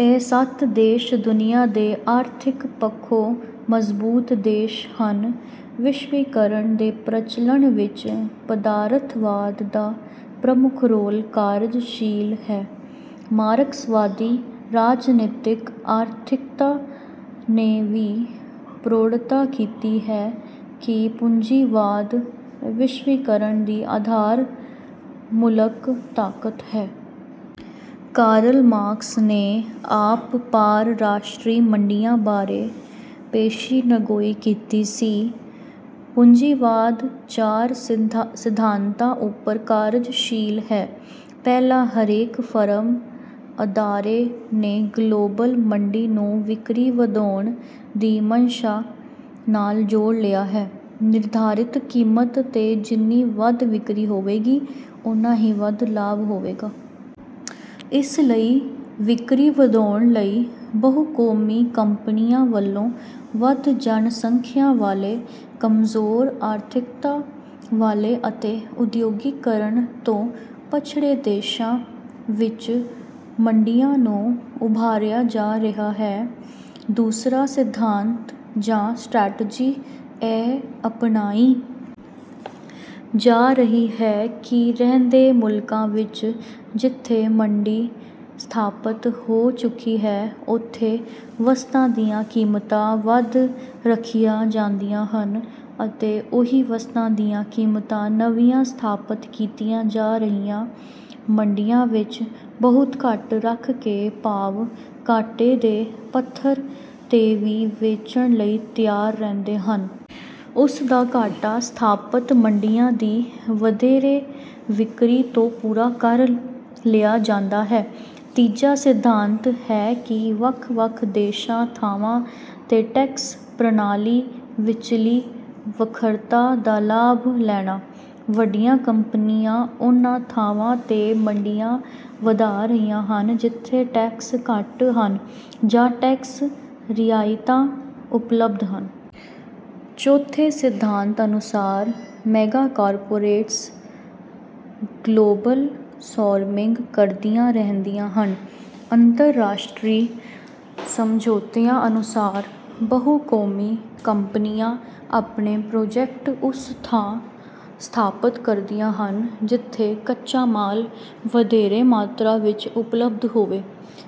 ਇਹ ਸੱਤ ਦੇਸ਼ ਦੁਨੀਆਂ ਦੇ ਆਰਥਿਕ ਪੱਖੋਂ ਮਜ਼ਬੂਤ ਦੇਸ਼ ਹਨ। ਵਿਸ਼ਵੀਕਰਨ ਦੇ ਪ੍ਰਚਲਣ ਵਿੱਚ ਪਦਾਰਥਵਾਦ ਦਾ ਪ੍ਰਮੁੱਖ ਰੋਲ ਕਾਰਜਸ਼ੀਲ ਹੈ। ਮਾਰਕਸਵਾਦੀ ਰਾਜਨੀਤਿਕ ਆਰਥਿਕਤਾ ਨੇ ਵੀ ਪ੍ਰੋੜਤਾ ਕੀਤੀ ਹੈ ਕਿ ਪੂੰਜੀਵਾਦ ਵਿਸ਼ਵੀਕਰਨ ਦੀ ਆਧਾਰ-ਮੂਲਕ ਤਾਕਤ ਹੈ। ਕਾਰਲ ਮਾਰਕਸ ਨੇ ਆਪ ਪਾਰ-ਰਾਸ਼ਟਰੀ ਮੰਡੀਆਂ ਬਾਰੇ ਪੇਸ਼ੀਨਗੋਈ ਕੀਤੀ ਸੀ। ਪੂੰਜੀਵਾਦ ਚਾਰ ਸਿਧਾਂਤਾਂ ਉੱਪਰ ਕਾਰਜਸ਼ੀਲ ਹੈ। ਪਹਿਲਾ, ਹਰੇਕ ਫਰਮ, ਅਦਾਰੇ ਨੇ ਗਲੋਬਲ ਮੰਡੀ ਨੂੰ ਵਿਕਰੀ ਵਧਾਉਣ ਦੀ ਮਨਸ਼ਾ ਨਾਲ ਜੋੜ ਲਿਆ ਹੈ। ਨਿਰਧਾਰਿਤ ਕੀਮਤ ਤੇ ਜਿੰਨੀ ਵੱਧ ਵਿਕਰੀ ਹੋਵੇਗੀ, ਉਨਾ ਹੀ ਵੱਧ ਲਾਭ ਹੋਵੇਗਾ। ਇਸ ਲਈ ਵਿਕਰੀ ਵਧਾਉਣ ਲਈ ਬਹੁ-ਕੌਮੀ ਕੰਪਨੀਆਂ ਵੱਲੋਂ ਵੱਧ ਜਨ ਸੰਖਿਆ ਵਾਲੇ, ਕਮਜ਼ੋਰ ਆਰਥਿਕਤਾ ਵਾਲੇ ਅਤੇ ਉਦਯੋਗੀਕਰਨ ਤੋਂ ਪਛੜੇ ਦੇਸ਼ਾਂ ਵਿੱਚ ਮੰਡੀਆਂ ਨੂੰ ਉਭਾਰਿਆ ਜਾ ਰਿਹਾ ਹੈ। ਦੂਸਰਾ ਸਿਧਾਂਤ ਜਾਂ ਸਟ੍ਰੈਟਜੀ ਇਹ ਅਪਣਾਈ ਜਾ ਰਹੀ ਹੈ ਕਿ ਰਹਿੰਦੇ ਮੁਲਕਾਂ ਵਿੱਚ ਜਿੱਥੇ ਮੰਡੀ ਸਥਾਪਤ ਹੋ ਚੁੱਕੀ ਹੈ, ਉੱਥੇ ਵਸਤਾਂ ਦੀਆਂ ਕੀਮਤਾਂ ਵੱਧ ਰੱਖੀਆਂ ਜਾਂਦੀਆਂ ਹਨ ਅਤੇ ਉਹੀ ਵਸਤਾਂ ਦੀਆਂ ਕੀਮਤਾਂ ਨਵੀਆਂ ਸਥਾਪਤ ਕੀਤੀਆਂ ਜਾ ਰਹੀਆਂ ਮੰਡੀਆਂ ਵਿੱਚ ਬਹੁਤ ਘੱਟ ਰੱਖ ਕੇ ਭਾਵ ਘਾਟੇ ਦੇ ਪੱਧਰ ਤੇ ਵੀ ਵੇਚਣ ਲਈ ਤਿਆਰ ਰਹਿੰਦੇ ਹਨ। ਉਸ ਦਾ ਘਾਟਾ ਸਥਾਪਤ ਮੰਡੀਆਂ ਦੀ ਵਧੇਰੇ ਵਿਕਰੀ ਤੋਂ ਪੂਰਾ ਕਰ ਲਿਆ ਜਾਂਦਾ ਹੈ। ਤੀਜਾ ਸਿਧਾਂਤ ਹੈ ਕਿ ਵੱਖ-ਵੱਖ ਦੇਸ਼ਾਂ, ਥਾਵਾਂ ਤੇ ਟੈਕਸ ਪ੍ਰਣਾਲੀ ਵਿਚਲੀ ਵੱਖਰਤਾ ਦਾ ਲਾਭ ਲੈਣਾ। ਵੱਡੀਆਂ ਕੰਪਨੀਆਂ ਉਨ੍ਹਾਂ ਥਾਵਾਂ ਤੇ ਮੰਡੀਆਂ ਵਧਾ ਰਹੀਆਂ ਹਨ ਜਿੱਥੇ ਟੈਕਸ ਘੱਟ ਹਨ ਜਾਂ ਟੈਕਸ ਰਿਆਇਤਾਂ ਉਪਲਬੱਧ ਹਨ। ਚੌਥੇ ਸਿਧਾਂਤ ਅਨੁਸਾਰ ਮੈਗਾਕਾਰਪੋਰੇਟਸ ਗਲੋਬਲ ਸੋਰਮਿੰਗ ਕਰਦੀਆਂ ਰਹਿੰਦੀਆਂ ਹਨ। ਅੰਤਰਰਾਸ਼ਟਰੀ ਸਮਝੌਤਿਆਂ ਅਨੁਸਾਰ ਬਹੁ-ਕੌਮੀ ਕੰਪਨੀਆਂ ਆਪਣੇ ਪ੍ਰਾਜੈਕਟ ਉਸ ਥਾਂ ਸਥਾਪਤ ਕਰਦੀਆਂ ਹਨ, ਜਿੱਥੇ ਕੱਚਾ ਮਾਲ ਵਧੇਰੇ ਮਾਤਰਾ ਵਿੱਚ ਉਪਲਬਧ ਹੋਵੇ,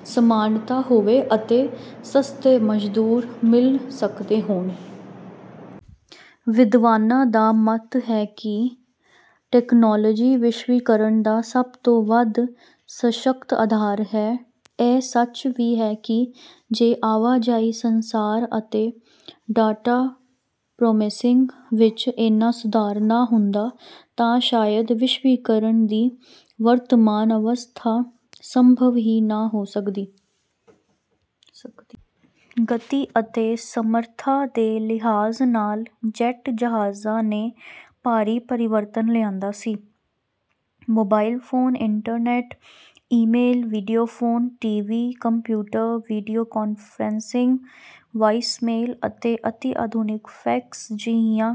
ਸਮਾਨਤਾ ਹੋਵੇ ਅਤੇ ਸਸਤੇ ਮਜ਼ਦੂਰ ਮਿਲ ਸਕਦੇ ਹੋਣ। ਵਿਦਵਾਨਾਂ ਦਾ ਮੱਤ ਹੈ ਕਿ ਤਕਨਾਲੋਜੀ ਵਿਸ਼ਵੀਕਰਨ ਦਾ ਸਭ ਤੋਂ ਵੱਧ ਸਸ਼ੱਕਤ ਆਧਾਰ ਹੈ। ਇਹ ਸੱਚ ਵੀ ਹੈ ਕਿ ਜੇ ਆਵਾਜਾਈ, ਸੰਚਾਰ ਅਤੇ ਡਾਟਾ ਪ੍ਰੋਸੈਸਿੰਗ ਵਿੱਚ ਏਨਾ ਸੁਧਾਰ ਨਾ ਹੁੰਦਾ ਤਾਂ ਸ਼ਾਇਦ ਵਿਸ਼ਵੀਕਰਨ ਦੀ ਵਰਤਮਾਨ ਅਵਸਥਾ ਸੰਭਵ ਹੀ ਨਾ ਹੋ ਸਕਦੀ। ਗਤੀ ਅਤੇ ਸਮਰੱਥਾ ਦੇ ਲਿਹਾਜ਼ ਨਾਲ ਜੈਟ ਜਹਾਜ਼ਾਂ ਨੇ ਭਾਰੀ ਪਰਿਵਰਤਨ ਲਿਆਂਦਾ ਸੀ। Mobile phone, internet, email, video phone, T V, computer, video conferencing, voicemail ਅਤੇ ਅਤੀ ਆਧੁਨਿਕ ਫੈਕਸ ਜਿਹੀਆਂ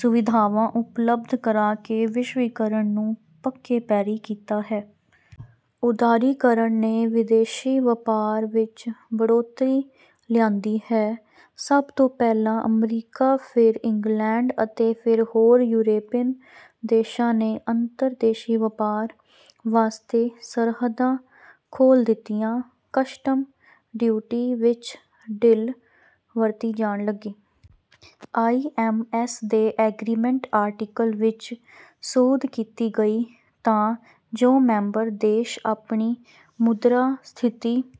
ਸੁਵਿਧਾਵਾਂ ਉਪਲਬਧ ਕਰਾ ਕੇ ਵਿਸ਼ਵੀਕਰਨ ਨੂੰ ਪੱਕੇ ਪੈਰੀਂ ਕੀਤਾ ਹੈ। ਉਦਾਰੀਕਰਨ ਨੇ ਵਿਦੇਸ਼ੀ ਵਪਾਰ ਵਿੱਚ ਬੜ੍ਹੋਤਰੀ ਲਿਆਂਦੀ ਹੈ। ਸਭ ਤੋਂ ਪਹਿਲਾਂ ਅਮਰੀਕਾ, ਫਿਰ ਇੰਗਲੈਂਡ ਅਤੇ ਫਿਰ ਹੋਰ ਯੂਰੋਪੀਨ ਦੇਸ਼ਾਂ ਨੇ ਅੰਤਰਦੇਸ਼ੀ ਵਪਾਰ ਵਾਸਤੇ ਸਰਹੱਦਾਂ ਖੋਲ ਦਿੱਤੀਆਂ, ਕਸਟਮ ਡਿਊਟੀ ਵਿੱਚ ਢਿਲ ਵਰਤੀ ਜਾਣ ਲਗੀ। ਆਈ ਐਸ ਐਸ ਦੇ ਐਗਰੀਮੈਂਟ ਆਰਟੀਕਲ ਵਿੱਚ ਸੋਧ ਕੀਤੀ ਗਈ ਤਾਂ ਜੋ ਮੈਂਬਰ ਦੇਸ਼ ਆਪਣੀ ਮੁਦਰਾ ਸਥਿਤੀ